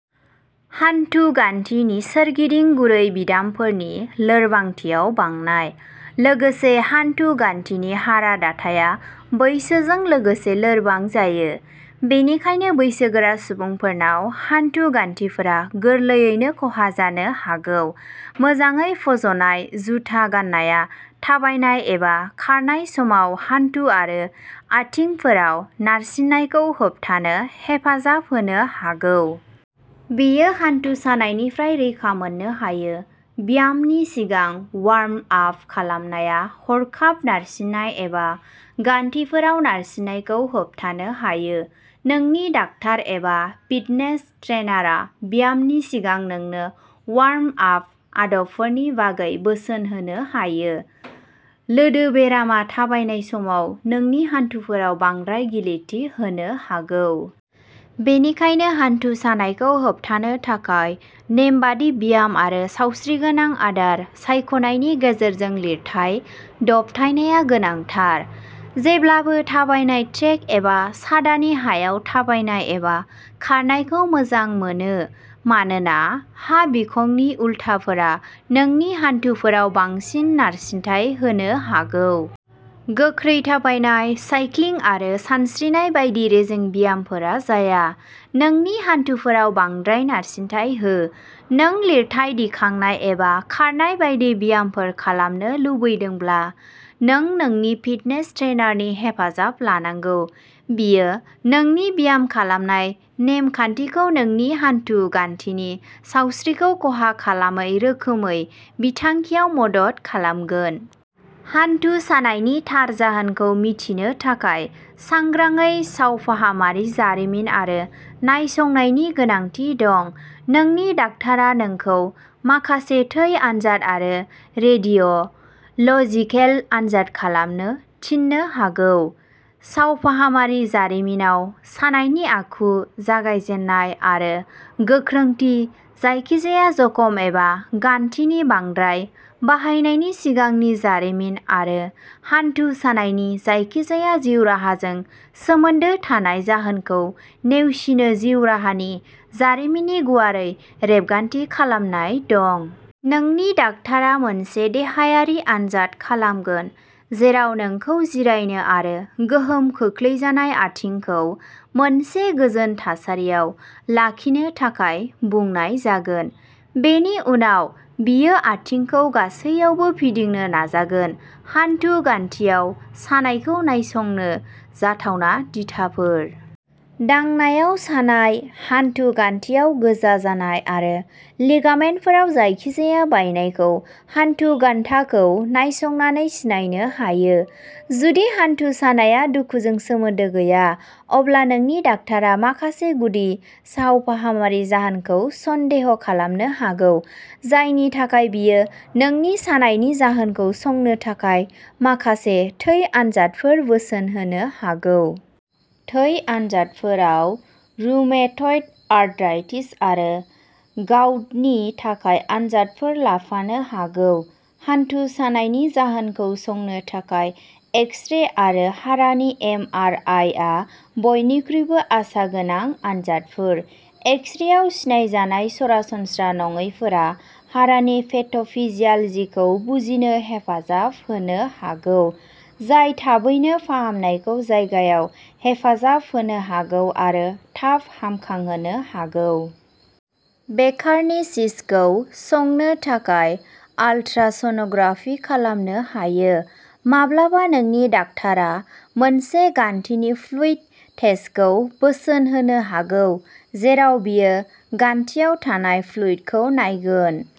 हान्थु गान्थिनि सोरगिदिं गुरै बिदामफोरनि लोरबांथियाव बांनाय। लोगोसे, हान्थु गान्थिनि हारा दाथाया बैसोजों लोगोसे लोरबां जायो। बेनिखायनो, बैसोगोरा सुबुंफोरनाव हान्थु गान्थिफोरा गोरलैयैनो खहा जानो हागौ। मोजाङै फज'नाय जुथा गान्नाया थाबायनाय एबा खारनाय समाव हान्थु आरो आथिंफोराव नारसिननायखौ होबथानो हेफाजाब होनो हागौ। बेयो हान्थु सानायनिफ्राय रैखा मोननो हायो। ब्यामनि सिगां वार्म-आप खालामनाया हरखाब नारसिननाय एबा गान्थिफोराव नारसिननायखौ होबथानो हायो। नोंनि डाक्टार एबा फिटनेस ट्रेइनारआ ब्यामनि सिगां नोंनो वार्म-आप आदबफोरनि बागै बोसोन होनो हायो। लोदोबेरामआ थाबायनाय समाव नोंनि हान्थुफोराव बांद्राय गिलिरथि होनो हागौ। बेनिखायनो, हान्थु सानायखौ होबथानो थाखाय नेमबादि ब्याम आरो सावस्रिगोनां आदार सायख'नायनि गेजेरजों लिरथाइ दबथायनाया गोनांथार। जेब्लाबो थाबायनाय ट्रेक एबा सादानि हायाव थाबायनाय एबा खारनायखौ मोजां मोनो मानोना हा बिखंनि उलथाफोरा नोंनि हान्थुफोराव बांसिन नारसिनथाय होनो हागौ। गोख्रै थाबायनाय, साइक्लिं आरो सानस्रिनाय बायदि रेजें ब्यामफोरा जाया। नोंनि हान्थुफोराव बांद्राय नारसिनथाय हो। नों लिरथाय दिखांनाय एबा खारनाय बायदि ब्यामफोर खालामनो लुबैदोंब्ला, नों नोंनि फिटनेस ट्रेइनारनि हेफाजाब लानांगौ। बियो नोंनि ब्याम खालामनाय नेम-खान्थिखौ नोंनि हान्थु गान्थिनि सावस्रिखौ खहा खालामै रोखोमै बिथांखियाव मदद खालामगोन। हान्थु सानायनि थार जाहोनखौ मिथिनो थाखाय, सांग्राङै सावफाहामारि जारिमिन आरो नायसंनायनि गोनांथि दं। नोंनि डाक्टारआ नोंखौ माखासे थै आनजाद आरो रेडिय' ल'जिकेल आनजाद खालामनो थिननो हागौ। सावफाहामारि जारिमिनाव सानायनि आखु, जागायजेन्नाय आरो गोख्रोंथि, जायखिजाया जखम एबा गान्थिनि बांद्राय बाहायनायनि सिगांनि जारिमिन आरो हान्थु सानायनि जायखिजाया जिउ राहाजों सोमोन्दो थानाय जाहोनखौ नेवसिनो जिउ राहानि जारिमिननि गुवारै रेबगान्थि खालामनाय दं। नोंनि डाक्टारआ मोनसे देहायारि आनजाद खालामगोन जेराव नोंखौ जिरायनो आरो गोहोम खोख्लैजानाय आथिंखौ मोनसे गोजोन थासारियाव लाखिनो थाखाय बुंनाय जागोन। बेनि उनाव बियो आथिंखौ गासैयावबो फिदिंनो नाजागोन। हानथु गान्थिआव सानायखौ नायसंनो जाथावना दिथाफोर। दांनायाव सानाय, हानथु गान्थिआव गोजा जानाय, आरो लिगामेन्टफोराव जायखिजाया बायनायखौ हानथु गान्थाखौ नायसंनानै सिनायनो हायो। जुदि हानथु सानाया दुखुजों सोमोन्दो गैया, अब्ला नोंनि डाक्टारआ माखासे गुदि सावफाहामारि जाहोनखौ सन्देह खालामनो हागौ, जायनि थाखाय बियो नोंनि सानायनि जाहोनखौ संनो थाखाय माखासे थै आनजादफोर बोसोन होनो हागौ। थै आनजादफोराव रुमेटइड आर्थराइटिस आरो गाउटनि थाखाय आनजादफोर लाफानो हागौ। हानथु सानायनि जाहोनखौ संनो थाखाय एक्स-रे आरो हारानि एम आर आइ आ बयनिख्रुइबो आसागोनां आनजादफोर। एक्स-रेआव सिनायजानाय सरासनस्रा नङैफोरा हारानि पेथ'फिजियालजिखौ बुजिनो हेफाजाब होनो हागौ, जाय थाबैनो फाहामनायखौ जागायनायाव हेफाजाब होनो हागौ आरो थाब हामखांहोनो हागौ। बेकारनि सिस्टखौ संनो थाखाय आल्ट्रासन'ग्राफि खालामनो हायो। माब्लाबा, नोंनि डाक्टारआ मोनसे गान्थिनि फ्लुइड टेस्टखौ बोसोन होनो हागौ जेराव बियो गान्थिआव थानाय फ्लुइड खौ नायगोन।